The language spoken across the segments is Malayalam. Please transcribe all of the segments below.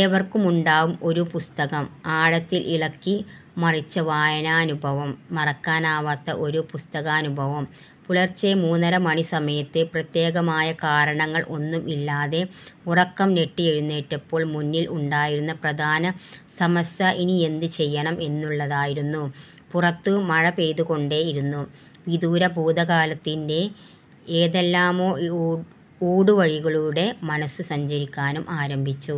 ഏവർക്കുമുണ്ടാവും ഒരു പുസ്തകം. ആഴത്തില്‍ ഇളക്കി മറിച്ച വായനാനുഭവം. മറക്കാനാവാത്ത ഒരു പുസ്തകാനുഭവം. പുലര്‍ച്ചെ മൂന്നര മണി സമയത്ത് പ്രത്യേകമായ കാരണങ്ങള്‍ ഒന്നും ഇല്ലാതെ ഉറക്കം ഞെട്ടി എഴുന്നേറ്റപ്പോള്‍ മുന്നില്‍ ഉണ്ടായിരുന്ന പ്രധാന സമസ്യ ഇനിയെന്ത് ചെയ്യണം എന്നുള്ളതായിരുന്നു. പുറത്ത് മഴ പെയ്തുകൊണ്ടേ ഇരുന്നു. വിദൂര ഭൂതകാലത്തിന്‍റെ ഏതെല്ലാമോ ഊടുവഴികളിലൂടെ മനസ്സ് സഞ്ചരിക്കാനും ആരംഭിച്ചു.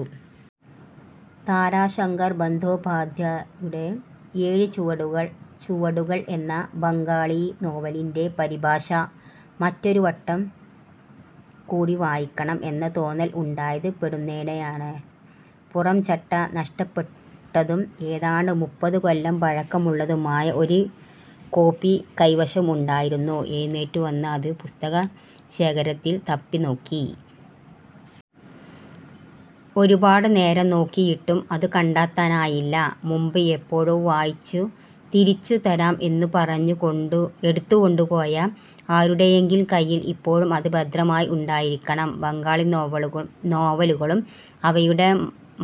താരാശങ്കർ ബന്ധോപാധ്യായുടെ ' ഏഴു ചുവടുകള്‍ ' എന്ന ബംഗാളി നോവലിന്‍റെ പരിഭാഷ മറ്റൊരു വട്ടം കൂടി വായിക്കണം എന്ന തോന്നല്‍ ഉണ്ടായത് പൊടുന്നനെയാണ്. പുറം ചട്ട നഷ്ടപ്പെട്ടതും ഏതാണ്ട് മുപ്പത് കൊല്ലം പഴക്കം ഉള്ളതുമായ ഒരു കോപ്പി കൈവശം ഉണ്ടായിരുന്നു. എഴുന്നേറ്റ് വന്ന് അത് പുസ്തക ശേഖരത്തില് തപ്പി നോക്കി. ഒരുപാട് നേരം നോക്കിയിട്ടും അത് കണ്ടെത്താനായില്ല. മുമ്പ് എപ്പോഴോ വായിച്ചു തിരിച്ചു തരാം എന്ന് പറഞ്ഞു എടുത്തുകൊണ്ടു പോയ ആരുടെയെങ്കിലും കയ്യില്‍ ഇപ്പോഴും അത് ഭദ്രമായി ഉണ്ടായിരിക്കണം. ബംഗാളി നോവലുകളും അവയുടെ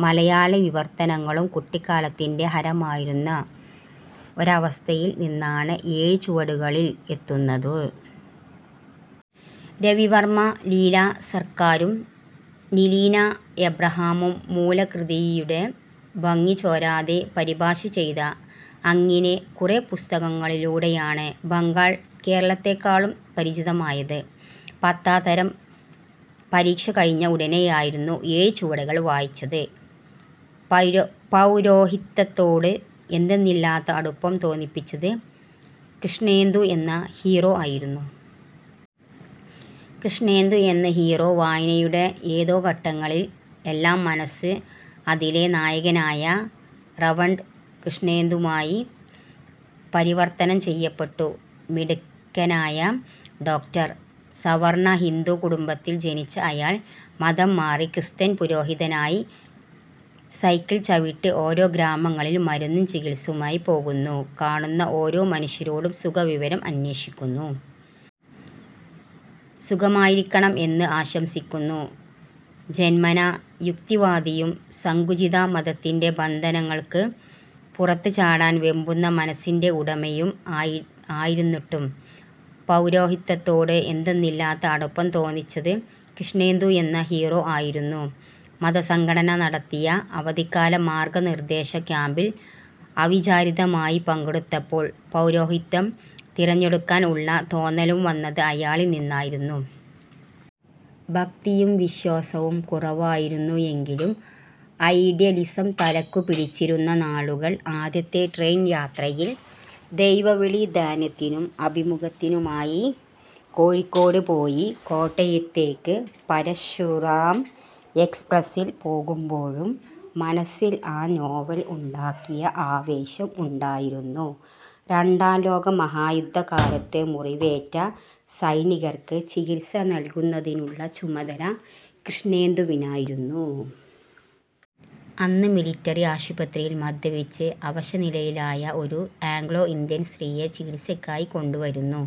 മലയാള വിവര്‍ത്തനങ്ങളും കുട്ടിക്കാലത്തിന്‍റെ ഹരമായിരുന്ന ഒരവസ്ഥയിൽ നിന്നാണ് ' ഏഴു ചുവടുകളില്‍' എത്തുന്നത്. രവിവര്‍മ്മയും ലീലാ സര്‍ക്കാരും നിലീന അബ്രഹാമും മൂല കൃതിയുടെ ഭംഗി ചോരാതെ പരിഭാഷ ചെയ്ത അങ്ങിനെ കുറെ പുസ്തകങ്ങളിലൂടെയാണ് ബംഗാള്‍ കേരളത്തെക്കാളും പരിചിതമായത്. പത്താം തരം പരീക്ഷ കഴിഞ്ഞ ഉടനെയായിരുന്നു ഏഴു ചുവടുകള്‍ വായിച്ചത്. പൗരോഹിത്യത്തോട് എന്തെന്നില്ലാത്ത അടുപ്പം തോന്നിപ്പിച്ചത് കൃഷ്ണേന്ദു എന്ന ഹീറോ ആയിരുന്നു. കൃഷ്ണേന്ദു എന്ന ഹീറോ വായനയുടെ ഏതോ ഘട്ടങ്ങളില്‍ എല്ലാം മനസ്സ് അതിലെ നായകനായ റവറണ്ട് കൃഷ്ണേന്ദുവായി പരിവര്‍ത്തനം ചെയ്യപ്പെട്ടു. മിടുക്കനായ ഡോക്ടര്‍. സവർണ ഹിന്ദു കുടുംബത്തില്‍ ജനിച്ച അയാള്‍ മതം മാറി ക്രിസ്ത്യന് പുരോഹിതനായി സൈക്കിള്‍ ചവിട്ടി ഓരോ ഗ്രാമങ്ങളിലും മരുന്നും ചികിത്സയുമായി പോകുന്നു. കാണുന്ന ഓരോ മനുഷ്യരോടും സുഖവിവരം അന്വേഷിക്കുന്നു. സുഖമായിരിക്കണം എന്ന് ആശംസിക്കുന്നു. ജന്മനാ യുക്തിവാദിയും സങ്കുചിത മതത്തിന്‍റെ ബന്ധനങ്ങള്‍ക്ക് പുറത്ത് ചാടാന്‍ വെമ്പുന്ന മനസ്സിന്‍റെ ഉടമയും ആയിരുന്നിട്ടും പൗരോഹിത്യത്തോട് എന്തെന്നില്ലാത്ത അടുപ്പം തോന്നിപ്പിച്ചത് കൃഷ്ണേന്ദു എന്ന ഹീറോ ആയിരുന്നു. മതസംഘടന നടത്തിയ അവധിക്കാല മാര്‍ഗ നിര്‍ദേശ ക്യാമ്പില്‍ അവിചാരിതമായി പങ്കെടുത്തപ്പോള്‍ പൗരോഹിത്യം തെരഞ്ഞെടുക്കാന്‍ ഉള്ള തോന്നലും വന്നത് അയാളില്‍ നിന്നായിരുന്നു. ഭക്തിയും വിശ്വാസവും കുറവായിരുന്നു എങ്കിലും ഐഡിയലിസം തലയ്ക്കു പിടിച്ചിരുന്ന നാളുകള്‍. ആദ്യത്തെ ട്രെയിൻ യാത്രയില്‍ ദൈവവിളി ധ്യാനത്തിനും അഭിമുഖത്തിനുമായി കോഴിക്കോട് പോയി കോട്ടയത്തേക്ക് പരശുറാം എക്സ്പ്രസ്സില്‍ പോകുമ്പോഴും മനസ്സില്‍ ആ നോവല്‍ ഉണ്ടാക്കിയ ആവേശം ആയിരുന്നു. രണ്ടാം ലോക മഹായുദ്ധ കാലത്ത് മുറിവേറ്റ സൈനികർക്ക് ചികിത്സ നല്കുന്നത്തിനുള്ള ചുമതല കൃഷ്ണേന്ദുവിനായിരുന്നു. അന്ന് മിലിട്ടറി ആശുപത്രിയില്‍ മദ്യപിച്ച് അവശ നിലയിലായ ഒരു ആഗ്ലോ ഇന്ത്യൻ സ്ത്രീയെ ചികിത്സയ്ക്കായി കൊണ്ട് വരുന്നു.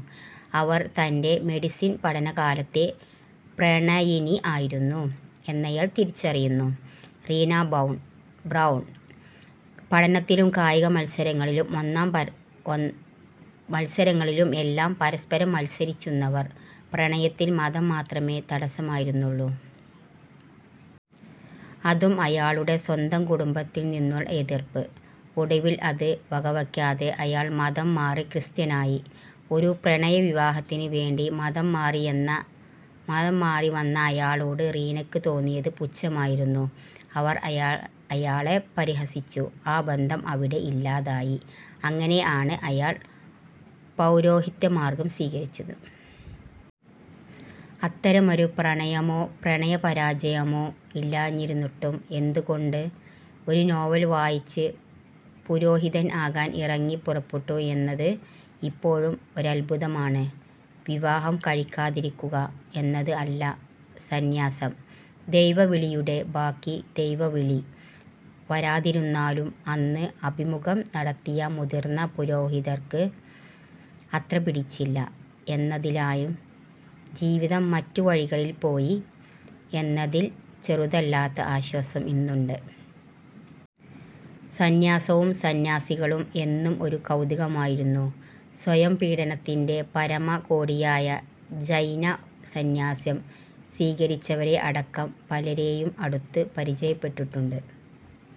അവര്‍ തന്‍റെ മെഡിസിൻ പഠന കാലത്തെ പ്രണയിനി ആയിരുന്നു എന്നയാള്‍ തിരിച്ചറിയുന്നു: റീനാ ബൗൺ ബ്രൌണ്. പഠനത്തിലും കായിക മത്സരങ്ങളിലും എല്ലാം പരസ്പരം മത്സരിച്ചിരുന്നവർ. പ്രണയത്തില്‍ മതം മാത്രമേ തടസം ആയിരുന്നുള്ളു. അതും അയാളുടെ സ്വന്തം കുടുംബത്തില്‍ നിന്നുള്ള എതിര്‍പ്പ്. ഒടുവില്‍ അത് വകവയ്ക്കാതെ അയാള്‍ മതം മാറി ക്രിസ്ത്യാനിയായി. ഒരു പ്രണയ വിവാഹത്തിന് വേണ്ടി മതം മാറി വന്ന അയാളോട് റീനയ്ക്ക് തോന്നിയത് പുച്ഛമായിരുന്നു. അവര്‍ അയാളെ പരിഹസിച്ചു. ആ ബന്ധം അവിടെ ഇല്ലാതായി. അങ്ങനെ ആണ് അയാള്‍ പൗരോഹിത്യ മാര്‍ഗം സ്വീകരിക്കുന്നത്. അത്തരമൊരു പ്രണയമോ പ്രണയ പരാജയമോ ഇല്ലാതിരുന്നിട്ടും എന്ത് കൊണ്ട് ഒരു നോവല്‍ വായിച്ച് പുരോഹിതൻ ആകാന്‍ ഇറങ്ങി പുറപ്പെട്ടു എന്നത് ഇപ്പോഴും ഒരത്ഭുതമാണ്. വിവാഹം കഴിക്കാതിരിക്കുക എന്നത് അല്ല സന്യാസം. ദൈവവിളിയുടെ ബാക്കി ദൈവവിളി വരാതിരുന്നതിനാലും അന്ന് അഭിമുഖം നടത്തിയ മുതിര്‍ന്ന പുരോഹിതര്‍ക്ക് അത്ര പിടിച്ചില്ല എന്നതിനാലും ജീവിതം മറ്റു വഴികളില്‍ പോയി എന്നതില്‍ ചെറുതല്ലാത്ത ആശ്വാസം ഇന്നുണ്ട്. സന്യാസവും സന്യാസികളും എന്നും ഒരു കൗതുകമായിരുന്നു. സ്വയം പീഡനത്തിന്‍റെ പരമ കോടിയായ ജൈന സന്യാസം സ്വീകരിച്ചവരെ അടക്കം പലരെയും അടുത്ത് പരിചയപ്പെട്ടിട്ടുണ്ട്.